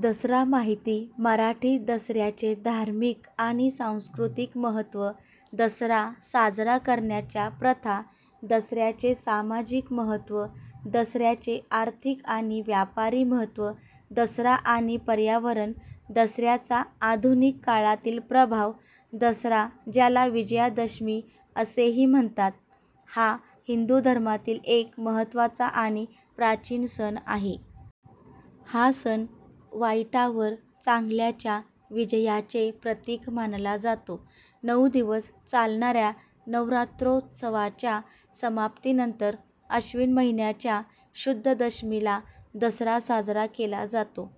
दसरा माहिती मराठी दसऱ्याचे धार्मिक आणि सांस्कृतिक महत्त्व दसरा साजरा करण्याच्या प्रथा दसऱ्याचे सामाजिक महत्त्व दसऱ्याचे आर्थिक आणि व्यापारी महत्त्व दसरा आणि पर्यावरण दसऱ्याचा आधुनिक काळातील प्रभाव दसरा, ज्याला विजयादशमी असेही म्हणतात, हा हिंदू धर्मातील एक महत्त्वाचा आणि प्राचीन सण आहे. हा सण वाईटावर चांगल्याच्या विजयाचे प्रतीक मानला जातो. नऊ दिवस चालणाऱ्या नवरात्रोत्सवाच्या समाप्तीनंतर अश्विन महिन्याच्या शुद्ध दशमीला दसरा साजरा केला जातो.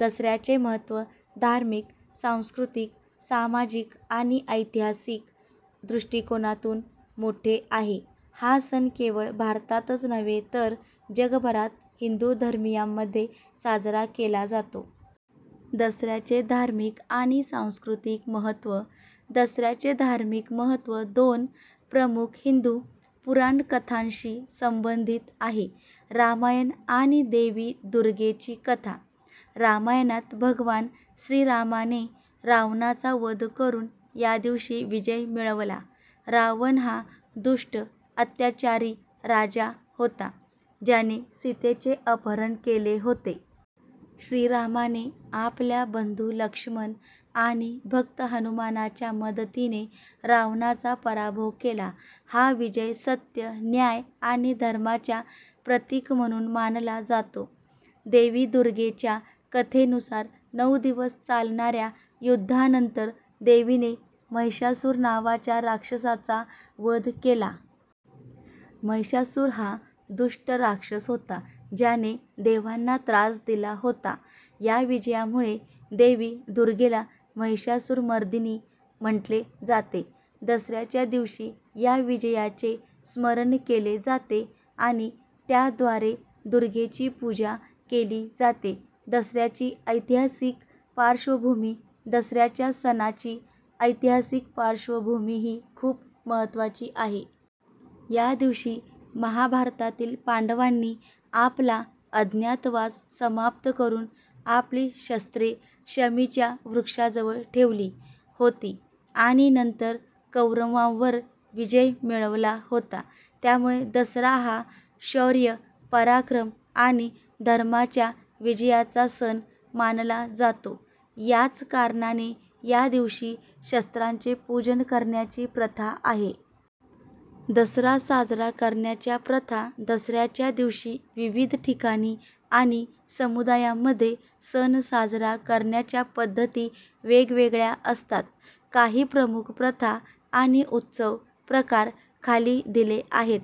दसऱ्याचे महत्त्व धार्मिक, सांस्कृतिक, सामाजिक आणि ऐतिहासिक दृष्टिकोनातून मोठे आहे. हा सण केवळ भारतातच नव्हे, तर जगभरात हिंदू धर्मीयांमध्ये साजरा केला जातो. दसऱ्याचे धार्मिक आणि सांस्कृतिक महत्त्व, दसऱ्याचे धार्मिक महत्त्व दोन प्रमुख हिंदू पुराणकथांशी संबंधित आहे, रामायण आणि देवी दुर्गेची कथा. रामायणात भगवान श्रीरामाने रावणाचा वध करून या दिवशी विजय मिळवला. रावण हा दुष्ट, अत्याचारी राजा होता, ज्याने सीतेचे अपहरण केले होते. श्रीरामाने आपल्या बंधू लक्ष्मण आणि भक्त हनुमानाच्या मदतीने रावणाचा पराभव केला. हा विजय सत्य, न्याय आणि धर्माच्या प्रतीक म्हणून मानला जातो. देवी दुर्गेच्या कथेनुसार, नऊ दिवस चालणाऱ्या युद्धानंतर देवीने महिषासुर नावाच्या राक्षसाचा वध केला. महिषासुर हा दुष्ट राक्षस होता, ज्याने देवांना त्रास दिला होता. या विजयामुळे देवी दुर्गेला महिषासुरमर्दिनी म्हटले जाते. दसऱ्याच्या दिवशी या विजयाचे स्मरण केले जाते आणि त्याद्वारे दुर्गेची पूजा केली जाते. दसऱ्याची ऐतिहासिक पार्श्वभूमी, दसऱ्याच्या सणाची ऐतिहासिक पार्श्वभूमीही खूप महत्त्वाची आहे. या दिवशी महाभारतातील पांडवांनी आपला अज्ञातवास समाप्त करून आपली शस्त्रे शमीच्या वृक्षाजवळ ठेवली होती आणि नंतर कौरवांवर विजय मिळवला होता. त्यामुळे दसरा हा शौर्य, पराक्रम आणि धर्माच्या विजयाचा सण मानला जातो. याच कारणाने या दिवशी शस्त्रांचे पूजन करण्याची प्रथा आहे. दसरा साजरा करण्याच्या प्रथा, दसऱ्याच्या दिवशी विविध ठिकाणी आणि समुदायांमध्ये सण साजरा करण्याच्या पद्धती वेगवेगळ्या असतात. काही प्रमुख प्रथा आणि उत्सव प्रकार खाली दिले आहेत.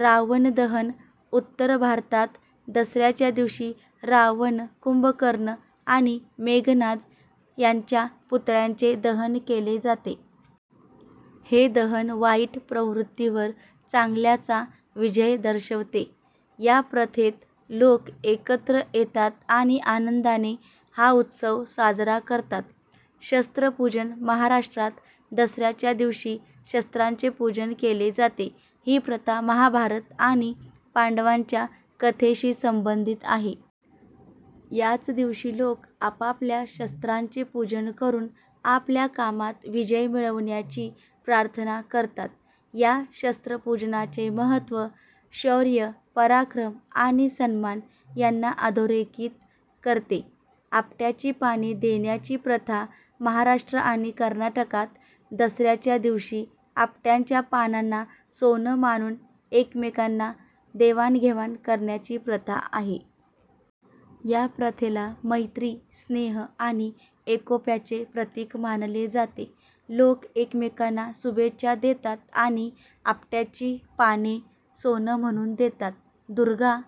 रावण दहन, उत्तर भारतात दसऱ्याच्या दिवशी रावण, कुंभकर्ण आणि मेघनाद यांच्या पुतळ्यांचे दहन केले जाते. हे दहन वाईट प्रवृत्तींवर चांगल्याचा विजय दर्शवते. या प्रथेत लोक एकत्र येतात आणि आनंदाने हा उत्सव साजरा करतात. शस्त्र पूजन, महाराष्ट्रात दसऱ्याच्या दिवशी शस्त्रांचे पूजन केले जाते. ही प्रथा महाभारत आणि पांडवांच्या कथेशी संबंधित आहे. याच दिवशी लोक आपापल्या शस्त्रांचे पूजन करून आपल्या कामात विजय मिळवण्याची प्रार्थना करतात. या शस्त्रपूजनाचे महत्त्व शौर्य, पराक्रम आणि सन्मान यांना अधोरेखित करते. आपट्याची पाने देण्याची प्रथा, महाराष्ट्र आणि कर्नाटकात दसऱ्याच्या दिवशी आपट्याच्या पानांना सोनं मानून एकमेकांना देवाणघेवाण करण्याची प्रथा आहे. या प्रथेला मैत्री, स्नेह आणि एकोप्याचे प्रतीक मानले जाते. लोक एकमेकांना शुभेच्छा देतात आणि आपट्याची पाने सोनं म्हणून देतात. दुर्गा